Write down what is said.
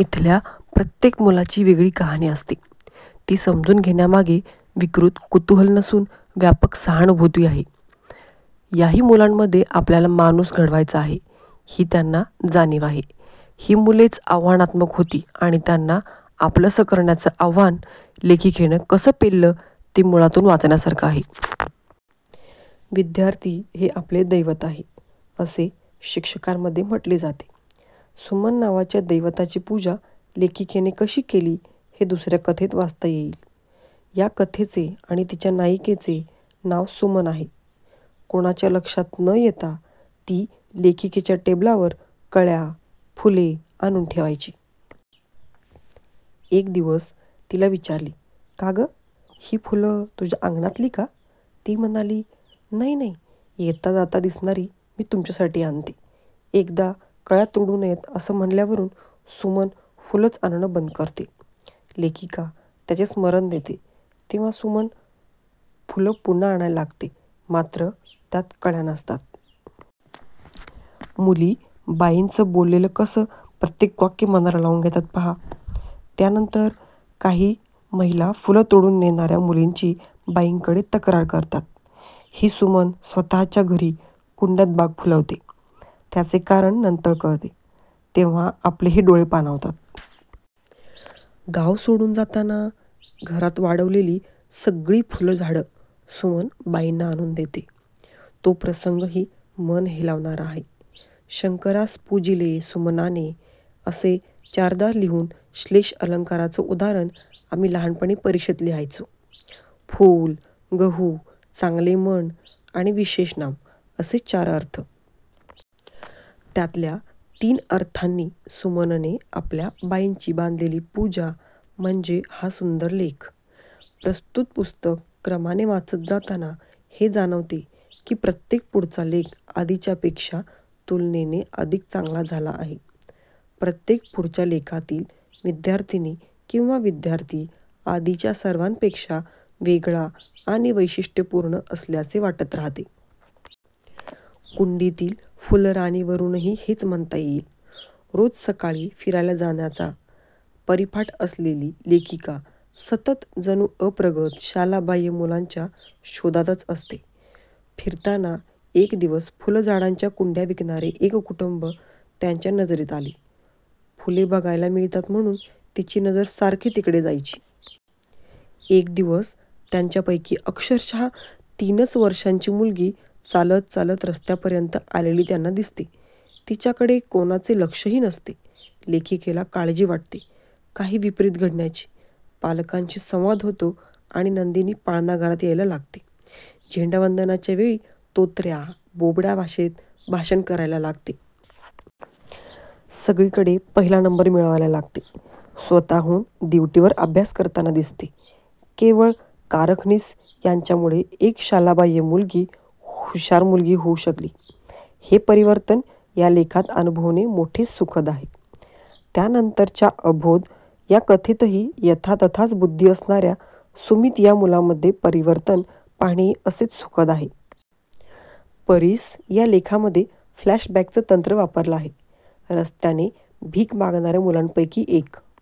इथल्या प्रत्येक मुलाची वेगळी कहाणी असते. ती समजून घेण्यामागे विकृत कुतूहल नसून व्यापक सहानुभूती आहे. याही मुलांमध्ये आपल्याला माणूस घडवायचा आहे ही त्यांना जाणीव आहे. ही मुलेच आव्हानात्मक होती आणि त्यांना आपलंस करण्याचं आव्हान लेखिकेनं कसं पेललं ते मुळातून वाचण्यासारखं आहे. विद्यार्थी हे आपले दैवत आहे असे शिक्षकांमध्ये म्हटले जाते. सुमन नावाच्या दैवताची पूजा लेखिकेने कशी केली हे दुसऱ्या कथेत वाचता येईल. या कथेचे आणि तिच्या नायिकेचे नाव सुमन आहे. कुणाच्या लक्षात न येता ती लेखिकेच्या टेबलावर कळ्या, फुले आणून ठेवायची. एक दिवस तिला विचारले, का गं, ही फुलं तुझ्या अंगणातली का? ती म्हणाली, नाही, येता जाता दिसणारी मी तुमच्यासाठी आणते. एकदा कळ्या तोडू नयेत असं म्हणाल्यावरून सुमन फुलंच आणणं बंद करते. लेखिका त्याचे स्मरण देते तेव्हा सुमन फुलं पुन्हा आणायला लागते मात्र त्यात कळ्या नसतात. मुली बाईंचं बोललेलं कसं प्रत्येक वाक्य मनाला लावून घेतात पहा. त्यानंतर काही महिला फुलं तोडून नेणाऱ्या मुलींची बाईंकडे तक्रार करतात. ही सुमन स्वतःच्या घरी कुंड्यात बाग फुलवते. त्याचे कारण नंतर कळते. तेव्हा आपलेही डोळे पाणावतात. गाव सोडून जाताना घरात वाढवलेली सगळी फुलझाडं सुमन बाईंना आणून देते तो प्रसंगही मन हेलावणारा आहे. शंकरास पूजिले सुमनाने असं चारदा लिहून श्लेष अलंकाराचं उदाहरण आम्ही लहानपणी परीक्षेत लिहायचो. फूल, गहू, चांगले मन आणि विशेषनाम असे चार अर्थ. त्यातल्या तीन अर्थांनी सुमनने आपल्या बाईंची बांधलेली पूजा म्हणजे हा सुंदर लेख आहे. प्रस्तुत पुस्तक क्रमाने वाचत जाताना हे जाणवते की प्रत्येक पुढचा लेख आधीच्यापेक्षा तुलनेने अधिक चांगला झाला आहे. प्रत्येक पुढच्या लेखातली विद्यार्थिनी किंवा विद्यार्थी आधीच्या सर्वांपेक्षा वेगळा आणि वैशिष्ट्यपूर्ण असल्याचे वाटत राहते. कुंडीतली फुलराणीवरूनही हेच म्हणता येईल. रोज सकाळी फिरायला जाण्याचा परिपाठ असलेली लेखिका सतत जणू अप्रगत, शालाबाह्य मुलांच्या शोधातच असते. फिरताना एक दिवस फुलझाडांच्या कुंड्या विकणारे एक कुटुंब त्यांच्या नजरेत आले. फुले बघायला मिळतात म्हणून तिची नजर सारखी तिकडे जायची. एक दिवस त्यांच्यापैकी अक्षरशः तीनच वर्षांची मुलगी चालत चालत रस्त्यापर्यंत आलेली त्यांना दिसते. तिच्याकडे कोणाचे लक्षही नसते. लेखिकेला काळजी वाटते काही विपरीत घडण्याची. पालकांशी संवाद होतो आणि नंदिनी पाळणाघरात यायला लागते. झेंडावंदनाच्या वेळी तोतऱ्या, बोबड्या भाषेत भाषण करायला लागते. सगळीकडे पहिला नंबर मिळवायला लागते. स्वतःहून दिवटीवर अभ्यास करताना दिसते. केवळ कारखानीस यांच्यामुळे एक शालाबाह्य मुलगी हुषार मुलगी होऊ शकली. हे परिवर्तन या लेखात अनुभवणे मोठे सुखद आहे. त्यानंतरच्या अबोध या कथेतही यथातथाच बुद्धी असणाऱ्या सुमित या मुलामधले परिवर्तन पाहणेही असेच सुखद आहे. परीस या लेखामध्ये फ्लॅशबॅकचं तंत्र वापरलं आहे. रस्त्याने भीक मागणाऱ्या मुलांपैकी एक